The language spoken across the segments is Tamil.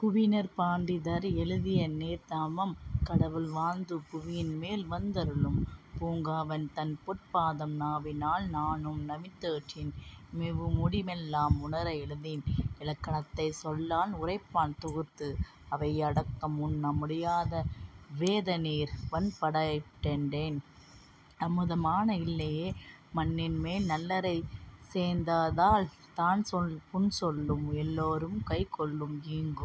குணவீர பண்டிதர் எழுதிய நேமிநாதம் கடவுள் வாழ்த்து பூவின்மேல் வந்தருளும் புங்கவன்தன் பொற்பாதம் நாவினால் நாளும் நவின்றேத்தி மேவுமுடி பெல்லாம் உணர எழுத்தின் இலக்கணத்தைச் சொல்லால் உரைப்பன் தொகுத்து. அவையடக்கம் உண்ண முடியாத வோதநீர் வான்வாய்ப்பட் டெண்ண அமுதான தில்லையோ மண்ணின்மேல் நல்லாரைச் சேர்ந்தலால் நான்சொன்ன புன்சொல்லும் எல்லோரும் கைகொள்வர் ஈங்கு.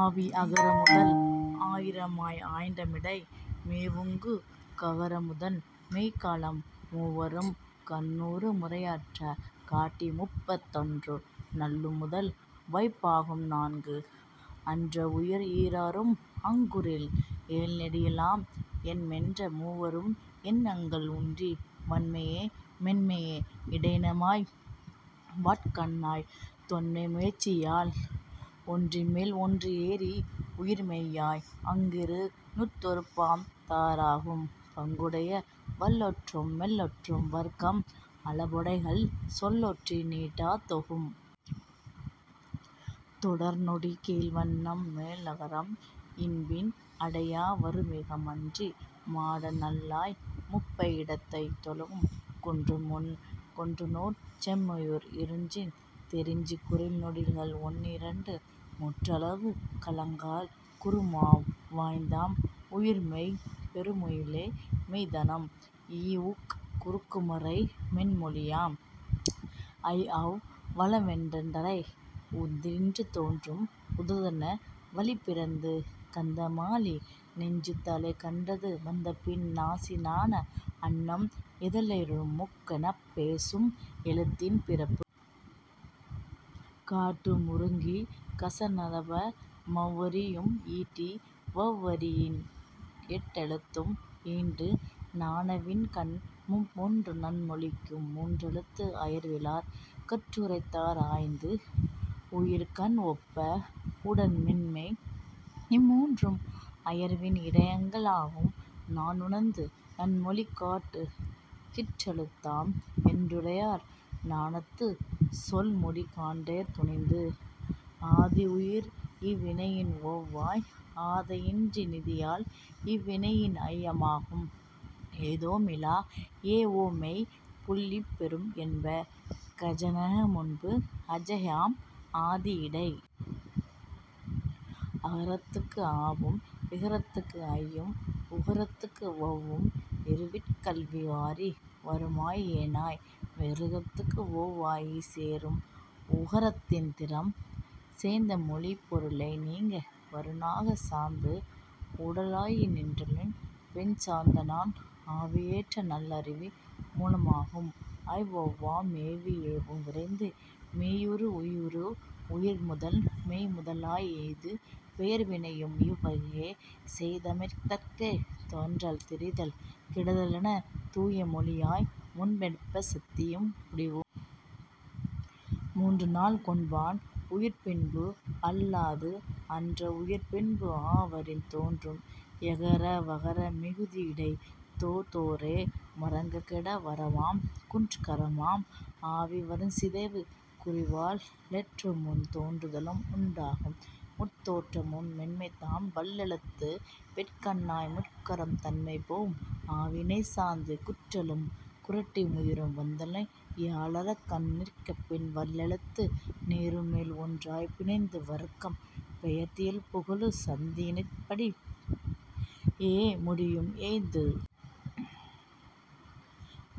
ஆவி அகரமுதல் ஆயிரண்டாய் ஆய்தமிடை மெவுங் ககரமுதன் மெய்களாம் மூவாறுங் கண்ணு முறைமையாற் காட்டியமுப் பத்தொன்று நண்ணுமுதல் வைப்பாகு நன்கு. ஆன்றவுயிர் ஈராறும் ஐங்குறில் ஏழ்நெடிலாம் ஏன்றமெய்ம் மூவாறும் எண்ணுங்கால் ஊன்றிய வன்மையே மென்மை யிடைமையாம் வாட்கண்ணாய் தொன்மை முயற்சியால் தொக்கு. ஓங்குயிர்கள் ஒற்றில்மேல் ஏறி உயிர்மெய்யாய் ஆங்கிரு நூற்றொருபத் தாறாகும் பாங்குடைய வல்லொற்று மெல்லொற்று வர்க்கம் அளபெடைகள் சொல்லொற்றி நீட்டத் தொகும். தொடர்நொடிற் கீழ்வன்மை மேலுகரம் யப்பின்பு அடைய வருமிகரம் அன்றி மடநல்லாய் மும்மையிடத் தையௌவுங் குன்றுமுன் னொற்றுணடேற் செம்மையுயிர் ஏறுஞ் செறிந்து குறில்நெடில்கள் ஒன்றிரண்டு மூன்றளவு காலாங் குறுகுமவ் வாய்தம் உயிர்மெய் பெறுமுயிரே மெய்யாய்தம் இஉக் குறுக்கமரை மென்மொழியாய் ஐஔ வளவொன் றரை. உந்தியிற் றோன்றும் உதான வளிப்பிறந்து கந்தமலி நெஞ்சுதலை கண்டத்து வந்தபின் நாசிநா அண்ணம் இதழெயிறு மூக்கெனப் பேசும் எழுத்தின் பிறப்பு. காட்டு முயிருங் கசதநப மவ்வரியும் ஈட்டிய வவ்வரியி னெட்டெழுத்தும் ஈட்டு ஞயவின்கண் மும்மூன்று நன்மொழிக்கு முன்னென்று அயர்விலார் கட்டுரைத்தார் ஆய்ந்து. உயிரின்கண் ஒன்பா னுடன்மென்மை இம்மூன்று அயர்வில் இடையினங்க ளாறும் நயனுணர்ந்து நன்மொழிகட் கீற்றெழுத்தாம் என்றுரைப்பர் ஞாலத்துச் சொன்முடிவு கண்டோர் துணிந்து. ஆதியுயிர் வவ்வியையின் ஔவாம் அஃதன்றி நீதியினால் யவ்வியையின் ஐயாகும் ஏதமிலா எஒமெய் புள்ளிபெரும் என்ப சஞயமுன் அஐயாம் ஆதி யிடை. அகரத்திற்கு ஆவும் இகரத்திற் ஐயும் உகரத்திற்கு ஔவும் இருவிற் ககல்வரிய வாருமாம் ஏயாம் மிகரத்திற்கு ஒவாகிச் சேரும் உகரத்தின் திறம். நேர்ந்தமொழிப் பொருளை நீக்க வருநகரஞ் சார்ந்தது உடலாயிற் றன்னுடல் போஞ் சார்ந்ததுதான் ஆவியேற் றன்னாவி முன்னாகும் ஐஔவாம் மேவிய ஏவும் விரைந்து. மெய்யீறு உயிரீறு உயிர்முதன் மெய்ம்முதலா எய்தும் பெயர்வினையும் இவ்வகையே செய்தமைத்தாற் தோன்றல் திரிதல் கெடுதலெனத் தூமொழியாய் மூன்றென்ப சந்தி முடிவு. மூன்றுநான் கொன்பான் உயிர்ப்பின்னும் அல்லாத ஆன்ற வுயிர்ப்பின்னும் ஆவிவரின் தோன்றும் யகர வகர மிறுதியிடைத் தோரோர் மகரங் கெட வகரமாம். குற்றுகரம் ஆவி வரிற்சிதையு கூறியவல் லொற்றுமுன் தோன்றுதலும் உண்டாகும் முற்றோன்று மென்மையதன் வல்லெழுத்தாம் வேற்கண்ணாய் முற்றுகரத் தன்மையும்போம் ஆவியினைச் சார்ந்து. குற்றொற் றிரட்டுமுயிர் வந்தால் யரழக்கண் நிற்கப்பின் வல்லெழுத்து நேருமேல் ஒற்றாம் பிணைந்த வருக்கம் பெயர்த்தியல்பு சந்தி யிணைந்தபடி யேமுடியும் ஏய்ந்து.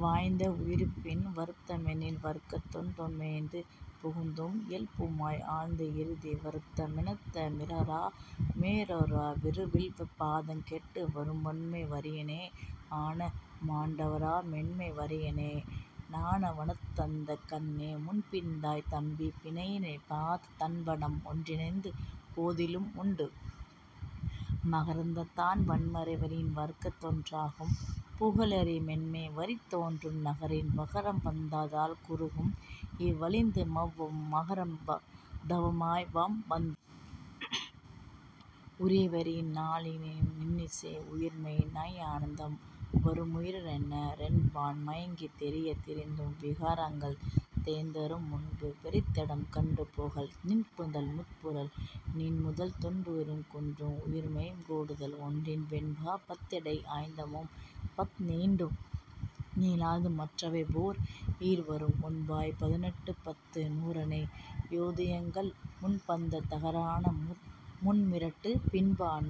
வாய்ந்த வுயிர்ப்பின் வருமெழுத்தின் வர்க்கத்தொற் றேய்ந்து புகுதும் இயல்புமாம் ஆய்ந்த இறுதி வருமெழுத்ததா மீறரா மோரோர் மறுவில்பதங் கெட்டு வரும் வன்மை வரினே ளணலன மாண்டறவா மென்மை வரினே ளலணனவாந் தந்நக்கண் முன்பின்னாந் தப்பி னணவியல்பாத் தட்டறவாம் ஒன்றழிந்து போதலு முண்டு. மகரந்தான் வன்மைவரின் வர்கத்தொற் றாகும் புகரிலா மென்மைவரிற் பொன்றும் நிகரில் வகரம்வந் தால்குறுகும் வவ்வழிந்து மவ்வாம் மகரந் தவயவாம் வந்து. உரிவரின் நாழியி னீற்றுயிர்மெய் யைந்தாம் வருமுயிரொன் றொன்பான் மயங்குந் தெரியத் திரிந்தும் விகாரங்கள் தேர்ந்தாறு முன்றும் பொருந்தமிடம் கண்டு புகல். நின்றமுதற் குற்றுயிர்தான் நீளுமுதல் நெட்டுயிர்தான் குன்றும் உயிருயிர்மெய் கூடுமேல் ஒன்றியவெண் பத்தினிடை ஆய்தமுமாம் பந்நீண்டு நீளாது மற்றவைபோய் ஈறு வரும். ஒன்பா னொடுபத்து நூறதனை யோதுங்கான் முன்பாந் தகரணள முன்பிரட்டும் பின்பான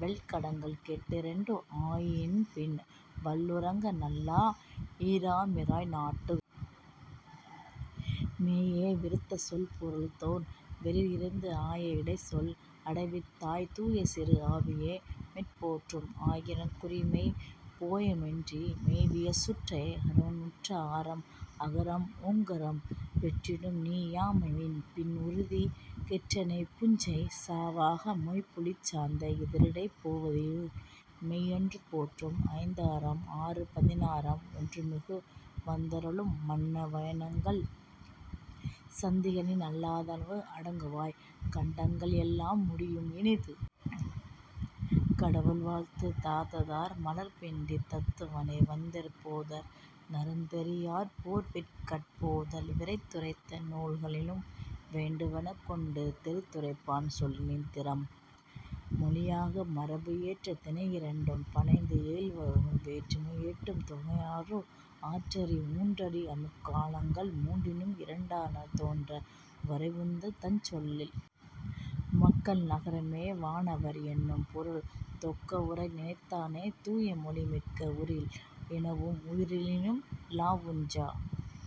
வெல்லாங்கெட் டாறிரண்டு ஆவியின்பின் வல்லுகர நல்லா யிரமீறாய் நாட்டு. மேய விருசொற்பொருள்தோன்ற வேறிருத்தி ஆய இடைச்சொல் அடைவித்தால் தூயசீர் ஆவிபோ மொற்றுப்போம் ஆங்குயிர்மெய் போமன்றி மேவியசுட் டாங்கே மிகும். உற்றஆ காரம் அகரமாய் ஓங்குகரம் பெற்றிடுநீ யாமாவின் பின்னிறுதி யொற்றணையுஞ் சாவவக மென்புழிச் சார்ந்த இறுதியிடைப் போவதுயிர் மெய்யென்றே போற்று. ஐந்தாறாம் ஆறு பதினாறாம் ஒற்றுமிகும் வந்துறழு மன்ன வயனலக்கள் சந்திகளின் அல்லா தனவும் அடக்குவாய் கண்டடக்க எல்லாம் முடியும் இனிது. கடவுள் வாழ்த்து தாதார் மலர்பிண்டித் தத்துவனை வந்தித்துப் போதார் நறுந்தெரியற் போர்வேற்கட் பேதாய் விரித்துரைத்த நூல்களினும் வேண்டுவன கொண்டு தெரித்துரைப்பன் சொல்லின் திறம்.. மொழியாக்க மரபு ஏற்ற திணையரண்டும் பாலைந்தும் ஏழ்வழுவும் வேற்றுமை எட்டும் தொகையாறும் ஆற்றரிய மூன்றிடமுங் காலங்கள் மூன்றும் இரண்டிடத்தால் தோன்ற வுரைப்பதாஞ் சொல். மக்கள் நரகரே வானோர் எனும்பொருள்கள் தொக்க வுயர்திணையாந் தூமொழியாய் மிக்க வுயிருள் ளனவும் உயிரில் லனவுஞ்।